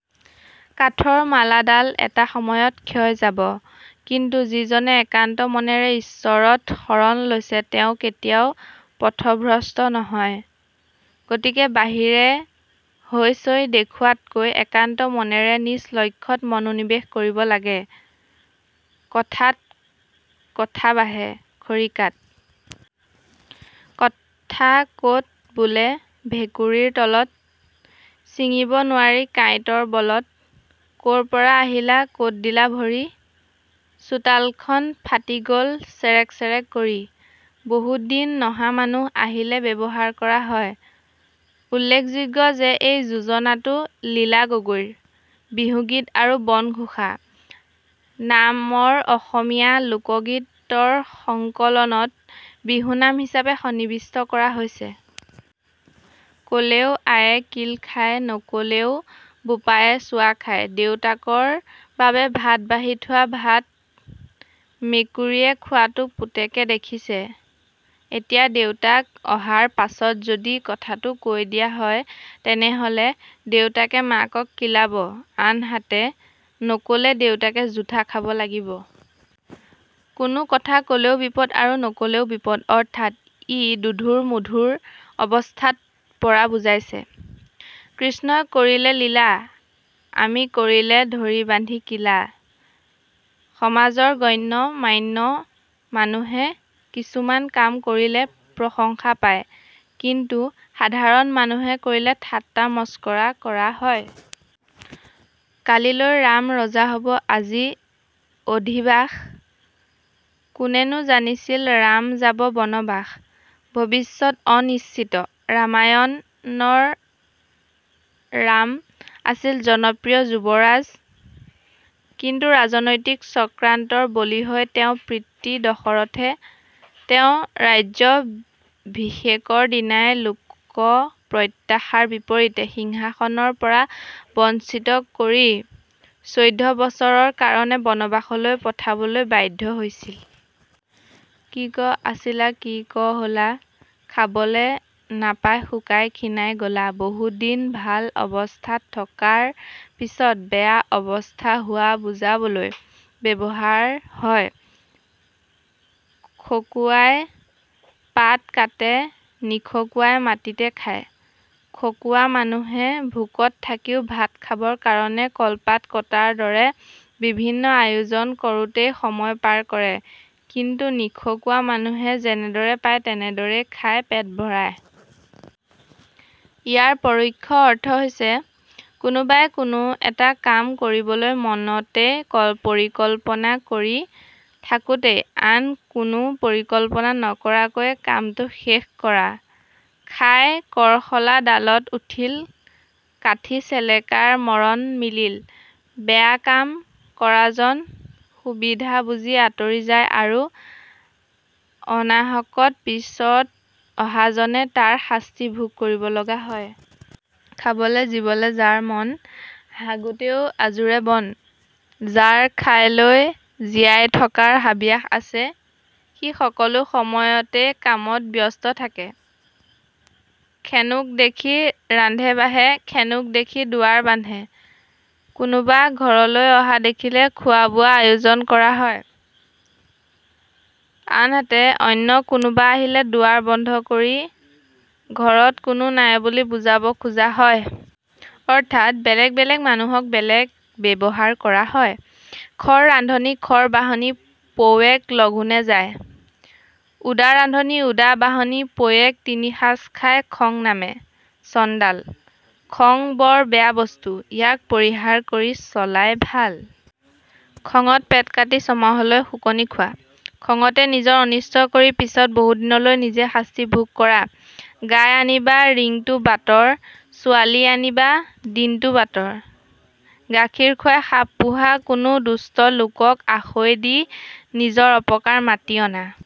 কাঠৰ মালাডাল এটা সময়ত ক্ষয় যাব, কিন্তু যিজনে একান্ত মনেৰে ঈশ্বৰত শৰণ লৈছে তেওঁ কেতিয়াও পথভ্ৰষ্ট নহয়। গতিকে বাহিৰে হৈ চৈ দেখুওৱাতকৈ একান্ত মনেৰে নিজ লক্ষ্যত মনোনিবেশ কৰিব লাগে। কথাত কথা বাঢ়ে, খৰিকাত কথা ক'ত বোলে ভেকুৰিৰ তলত, চিঙিব নোৱাৰি কাঁইটৰ বলত ক'ৰ পৰা আহিলা ক'ত দিলা ভৰি, চোতালখন ফাটি গল চেৰেক চেৰেক কৰি: বহুদিন নহা মানুহ আহিলে ব্যৱহাৰ কৰা হয়। উল্লেখযোগ্য যে এই যোজনাটো লীলা গগৈ ৰ " বিহুগীত আৰু বনঘোষা " নামৰ অসমীয়া লোকগীত ৰ সংকলনত বিহুনাম হিচাবে সন্নিবিষ্ট কৰা হৈছে। ক'লেও আয়ে কিল খায়, নক'লেও বোপায়ে ছুৱা খায়: দেউতাকৰ বাবে ভাত বাঢ়ি থোৱা ভাত মেকুৰীয়ে খোৱাটো পুতেকে দেখিছে, এতিয়া দেউতাক অহাৰ পাছত যদি কথাতো কৈ দিয়া হয় তেনেহলে দেউতাকে মাকক কিলাব, আনহাতে নকলে দেউতাকে জুঠা খাব লাগিব। কোনো কথা ক'লেও বিপদ আৰু নকলেও বিপদ অৰ্থাৎ ই দোধোৰ মোধোৰ অৱস্থাত পৰা বুজাইছে। কৃষ্ণই কৰিলে লীলা, আমি কৰিলে ধৰি বান্ধি কিলা: সমাজৰ গণ্য-মান্য মানুহে কিছুমান কাম কৰিলে প্ৰশংসা পায়, কিন্তু সাধাৰণ মানুহে কৰিলে ঠাট্টা মস্কৰাহে কৰা হয়। কালিলৈ ৰাম ৰজা হ'ব আজি অধিবাস, কোনেনো জানিছিল ৰাম যাব বনবাস: ভৱিষ্যত অনিশ্চিত। ৰামায়ণ ৰ ৰাম আছিল জনপ্ৰিয় যুৱৰাজ। কিন্তু ৰাজনৈতিক চক্ৰান্তৰ বলি হৈ তেওঁৰ পিতৃ দশৰথে তেওঁৰ ৰাজ্যাভিষেকৰ দিনাই লোকপ্ৰত্যাশাৰ বিপৰীতে সিংহাসনৰ পৰা বঞ্চিত কৰি চৌধ্য বছৰৰ কাৰণে বনবাসলৈ পঠাবলৈ বাধ্য হৈছিল। কি ক আছিলা, কি ক হ'লা, খাবলে নাপাই শুকাই খীণাই গ'লা: বহুদিন ভাল অবস্থাত থকাৰ পিছত বেয়া অৱস্থা হোৱা বুজাবলৈ ব্যৱহাৰ হয়। খকুৱাই পাত কাতে, নিখকুৱাই মাটিতে খায়: খঁকুৱা মানুহে ভোকত থাকিও ভাত খাবৰ কাৰণে কলপাত কটাৰ দৰে বিভিন্ন আয়োজন কৰোঁতেই সময় পাৰ কৰে, কিন্তু নখঁকুৱা মানুহে যেনেদৰে পায় তেনেদৰেই খাই পেট ভৰায়। ইয়াৰ পৰোক্ষ অৰ্থ হৈছে- "কোনোবাই কোনো এটা কাম কৰিবলৈ মনতে পৰিকল্পনা কৰি থাকোঁতেই আনে কোনো পৰিকল্পনা নকৰাকৈয়ে কামটো শেষ কৰা। " খাই কৰ্শলা ডালত উঠিল, কাঠি চেলেকাৰ মৰণ মিলিল: বেয়া কাম কৰাজন সুবিধা বুজি আঁতৰি য়ায় আৰু অনাহকত পিছত অহাজনে তাৰ শাস্তি ভোগ কৰিব লগা হয়। খাবলে জীৱলে যাৰ মন, হাগোতেও আজোৰে বন: যাৰ খাই লৈ জীয়াই থকাৰ হাবিয়াস আছে, সি সকলো সময়তে কামত ব্যস্ত থাকে। খেনোক দেখি ৰান্ধে-বাঢ়ে, খেনোক দেখি দুৱাৰ বান্ধে: কোনোবা ঘৰলৈ অহা দেখিলে খোৱা-বোৱাৰ আয়োজন কৰা হয়, আনহাতে অন্য কোনোবা আহিলে দুৱাৰ বন্ধ কৰি ঘৰত কোনো নাই বুলি বুজাব খোজা হয়। অৰ্থাৎ বেলেগ বেলেগ মানুহক বেলেগ ব্যৱহাৰ কৰা হয়। খৰ ৰান্ধনী খৰ বাঢ়নী পৈয়েক লঘোনে যায়, উদা ৰান্ধনী উদা বাঢ়নী পৈয়েক তিনি সাজ খায় খং নামে চণ্ডাল: খং বৰ বেয়া বস্তু, ইয়াক পৰিহাৰ কৰি চলাই ভাল। খঙত পেট কাটি ছমাহলৈ শুকনি খোৱা: খঙতে নিজৰ অনিষ্ট কৰি পিছত বহুদিনলৈ নিজে শাস্তি ভোগ কৰা। গাই আনিবা ৰিংটো বাটৰ, ছোৱালী আনিবা দিনটো বাটৰ। গাখীৰ খুৱাই সাপ পোহা: কোনো দুষ্ট লোকক আসৈ দি নিজৰ অপকাৰ মাতি অনা।